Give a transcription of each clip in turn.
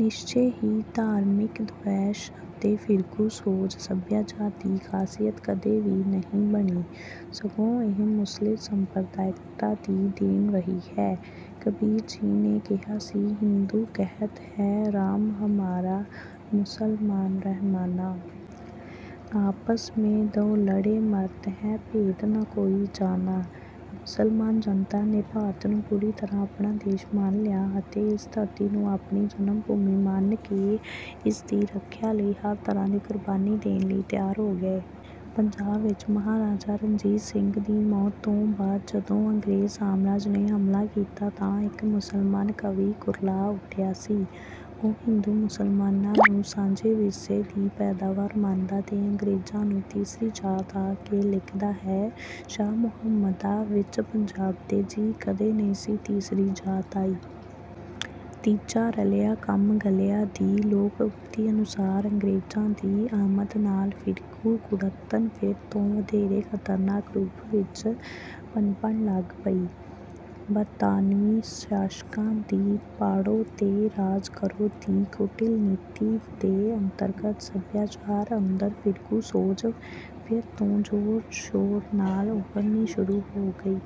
ਨਿਸ਼ਚੇ ਹੀ ਧਾਰਮਿਕ ਦਵੈਸ਼ ਅਤੇ ਫਿਰਕੂ ਸੋਚ ਸੱਭਿਆਚਾਰ ਦੀ ਖਾਸੀਅਤ ਕਦੇ ਵੀ ਨਹੀਂ ਬਣੀ, ਸਗੋਂ ਇਹ ਮੁਸਲਿਮ ਸੰਪਰਦਾਇਕਤਾ ਦੀ ਦੇਣ ਰਹੀ ਹੈ। ਕਬੀਰ ਜੀ ਨੇ ਕਿਹਾ ਸੀ, "ਹਿੰਦੂ ਕਹਤ ਹੈ ਰਾਮ ਹਮਾਰਾ, ਮੁਸਲਮਾਨ ਰਹਿਮਾਨਾ। ਆਪਸ ਮੇਂ ਦੋਊ ਲੜੇ ਮਰਤ ਹੈਂ, ਭੇਦ ਨਾ ਕੋਈ ਜਾਨਾ।" ਮੁਸਲਮਾਨ ਜਨਤਾ ਨੇ ਭਾਰਤ ਨੂੰ ਪੂਰੀ ਤਰ੍ਹਾਂ ਆਪਣਾ ਦੇਸ਼ ਮੰਨ ਲਿਆ ਅਤੇ ਇਸ ਧਰਤੀ ਨੂੰ ਆਪਣੀ ਜਨਮਭੂਮੀ ਮੰਨ ਕੇ ਇਸਦੀ ਰੱਖਿਆ ਲਈ ਹਰ ਤਰ੍ਹਾਂ ਦੀ ਕੁਰਬਾਨੀ ਦੇਣ ਲਈ ਤਿਆਰ ਹੋ ਗਏ। ਪੰਜਾਬ ਵਿੱਚ ਮਹਾਰਾਜਾ ਰਣਜੀਤ ਸਿੰਘ ਦੀ ਮੌਤ ਤੋਂ ਬਾਅਦ ਜਦੋਂ ਅੰਗਰੇਜ਼ ਸਾਮਰਾਜ ਨੇ ਹਮਲਾ ਕੀਤਾ, ਤਾਂ ਇੱਕ ਮੁਸਲਮਾਨ ਕਵੀ ਕੁਰਲਾ ਉੱਠਿਆ ਸੀ। ਉਹ ਹਿੰਦੂ-ਮੁਸਲਮਾਨਾਂ ਨੂੰ 'ਸਾਂਝੇ ਵਿਰਸੇ' ਦੀ ਪੈਦਾਵਾਰ ਮੰਨਦਾ ਤੇ ਅੰਗਰੇਜ਼ਾਂ ਨੂੰ 'ਤੀਸਰੀ ਜਾਤ' ਆਖ ਕੇ ਲਿਖਦਾ ਹੈ: - "ਸ਼ਾਹ ਮੁਹੰਮਦਾ, ਵਿਚ ਪੰਜਾਬ ਦੇ ਜੀ, ਕਦੇ ਨਹੀਂ ਸੀ ਤੀਸਰੀ ਜਾਤ ਆਈ।" 'ਤੀਜਾ ਰਲਿਆ ਕੰਮ ਗਲਿਆ' ਦੀ ਲੋਕ-ਉਕਤੀ ਅਨੁਸਾਰ ਅੰਗਰੇਜ਼ਾਂ ਦੀ ਆਮਦ ਨਾਲ ਫ਼ਿਰਕੂ ਕੁੜੱਤਣ ਫਿਰ ਤੋਂ ਵਧੇਰੇ ਖ਼ਤਰਨਾਕ ਰੂਪ ਵਿੱਚ ਪਨਪਣ ਲੱਗ ਪਈ। ਬਰਤਾਨਵੀ ਸ਼ਾਸਕਾਂ ਦੀ 'ਪਾੜੋ ਤੇ ਰਾਜ ਕਰੋ' ਦੀ ਕੁਟਿਲ ਨੀਤੀ ਦੇ ਅੰਤਰਗਤ ਸਭਿਆਚਾਰ ਅੰਦਰ ਫ਼ਿਰਕੂ ਸੋਚ ਫਿਰ ਤੋਂ ਜ਼ੋਰ-ਸ਼ੋਰ ਨਾਲ ਉਭਰਨੀ ਸ਼ੁਰੂ ਹੋ ਗਈ।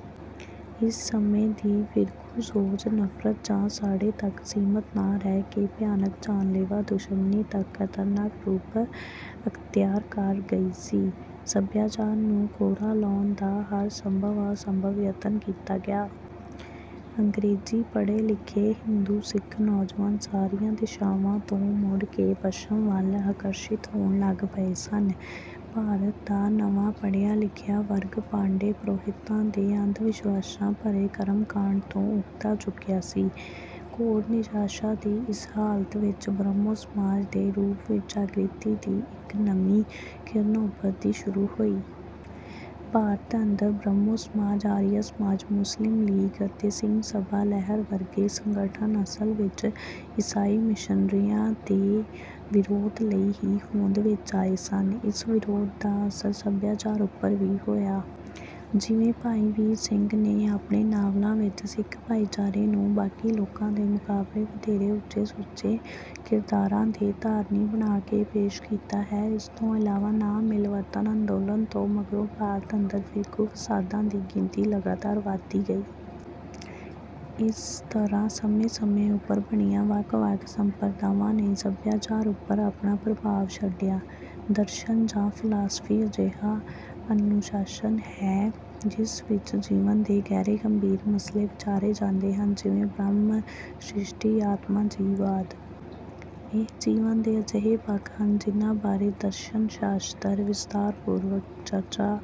ਇਸ ਸਮੇਂ ਦੀ ਫ਼ਿਰਕੂ ਸੋਚ 'ਨਫ਼ਰਤ' ਜਾਂ 'ਸਾੜੇ' ਤੱਕ ਸੀਮਿਤ ਨਾ ਰਹਿ ਕੇ ਭਿਆਨਕ, ਜਾਨ-ਲੇਵਾ ਦੁਸ਼ਮਣੀ ਤੱਕ ਖ਼ਤਰਨਾਕ ਰੂਪ ਅਖ਼ਤਿਆਰ ਕਰ ਗਈ ਸੀ। ਸਭਿਆਚਾਰ ਨੂੰ ਖੋਰਾ ਲਾਉਣ ਦਾ ਹਰ ਸੰਭਵ-ਅਸੰਭਵ ਯਤਨ ਕੀਤਾ ਗਿਆ। ਅੰਗਰੇਜ਼ੀ ਪੜ੍ਹੇ-ਲਿਖੇ ਹਿੰਦੂ-ਸਿੱਖ ਨੌਜਵਾਨ ਸਾਰੀਆਂ ਦਿਸ਼ਾਵਾਂ ਤੋਂ ਮੁੜ ਕੇ ਪੱਛਮ ਵੱਲ ਆਕਰਸ਼ਿਤ ਹੋਣ ਲੱਗ ਪਏ ਸਨ। ਭਾਰਤ ਦਾ ਨਵਾਂ ਪੜ੍ਹਿਆ-ਲਿਖਿਆ ਵਰਗ ਪਾਂਡੇ, ਪ੍ਰੋਹਿਤਾਂ ਦੇ ਅੰਧ-ਵਿਸ਼ਵਾਸ ਭਰੇ ਕਰਮ-ਕਾਂਡ ਤੋਂ ਉਕਤਾ ਚੁੱਕਿਆ ਸੀ। ਘੋਰ ਨਿਰਾਸ਼ਾ ਦੀ ਇਸ ਹਾਲਤ ਵਿੱਚ ਬ੍ਰਹਮੋ ਸਮਾਜ ਦੇ ਰੂਪ ਵਿੱਚ ਜਾਗ੍ਰਿਤੀ ਦੀ ਇੱਕ ਨਵੀਂ ਕਿਰਨ ਉਭਰਦੀ ਸ਼ੁਰੂ ਹੋਈ। ਭਾਰਤ ਅੰਦਰ ਬ੍ਰਹਮੋ ਸਮਾਜ, ਆਰੀਆ ਸਮਾਜ, ਮੁਸਲਿਮ ਲੀਗ, ਅਤੇ ਸਿੰਘ ਸਭਾ ਲਹਿਰ ਵਰਗੇ ਸੰਗਠਨ ਅਸਲ ਵਿੱਚ ਈਸਾਈ ਮਿਸ਼ਨਰੀਆਂ ਦੇ ਵਿਰੋਧ ਲਈ ਹੀ ਹੋਂਦ ਵਿੱਚ ਆਏ ਸਨ। ਇਸ ਵਿਰੋਧ ਦਾ ਅਸਰ ਸਭਿਆਚਾਰ ਉੱਪਰ ਵੀ ਹੋਇਆ। ਜਿਵੇਂ ਭਾਈ ਵੀਰ ਸਿੰਘ ਨੇ ਆਪਣੇ ਨਾਵਲਾਂ ਵਿੱਚ ਸਿੱਖ ਭਾਈਚਾਰੇ ਨੂੰ ਬਾਕੀ ਲੋਕਾਂ ਦੇ ਮੁਕਾਬਲੇ ਵਧੇਰੇ ਉੱਚੇ-ਸੁੱਚੇ ਕਿਰਦਾਰਾਂ ਦੇ ਧਾਰਨੀ ਬਣਾ ਕੇ ਪੇਸ਼ ਕੀਤਾ ਹੈ। ਇਸ ਤੋਂ ਇਲਾਵਾ ਨਾ-ਮਿਲਵਰਤਨ ਅੰਦੋਲਨ ਤੋਂ ਮਗਰੋਂ ਭਾਰਤ ਅੰਦਰ ਫਿਰਕੂ ਫਸਾਦਾਂ ਦੀ ਗਿਣਤੀ ਲਗਾਤਾਰ ਵਧਦੀ ਗਈ। ਇਸ ਤਰ੍ਹਾਂ ਸਮੇਂ-ਸਮੇਂ ਉੱਪਰ ਬਣੀਆਂ ਵੱਖ-ਵੱਖ ਸੰਪਰਦਾਵਾਂ ਨੇ ਸਭਿਆਚਾਰ ਉੱਪਰ ਆਪਣਾ ਪ੍ਰਭਾਵ ਛੱਡਿਆ। ਦਰਸ਼ਨ ਜਾਂ ਫਿਲਾਸਫੀ ਅਜਿਹਾ ਅਨੁਸ਼ਾਸਨ ਹੈ, ਜਿਸ ਵਿੱਚ ਜੀਵਨ ਦੇ ਗਹਿਰੇ-ਗੰਭੀਰ ਮਸਲੇ ਵਿਚਾਰੇ ਜਾਂਦੇ ਹਨ, ਜਿਵੇਂ: ਬ੍ਰਹਮ, ਸ੍ਰਿਸ਼ਟੀ, ਆਤਮਾ, ਜੀਵ ਆਦਿ। ਇਹ ਜੀਵਨ ਦੇ ਅਜਿਹੇ ਪੱਖ ਹਨ ਜਿਨ੍ਹਾਂ ਬਾਰੇ ਦਰਸ਼ਨ-ਸ਼ਾਸਤਰ ਵਿਸਥਾਰਪੂਰਵਕ ਚਰਚਾ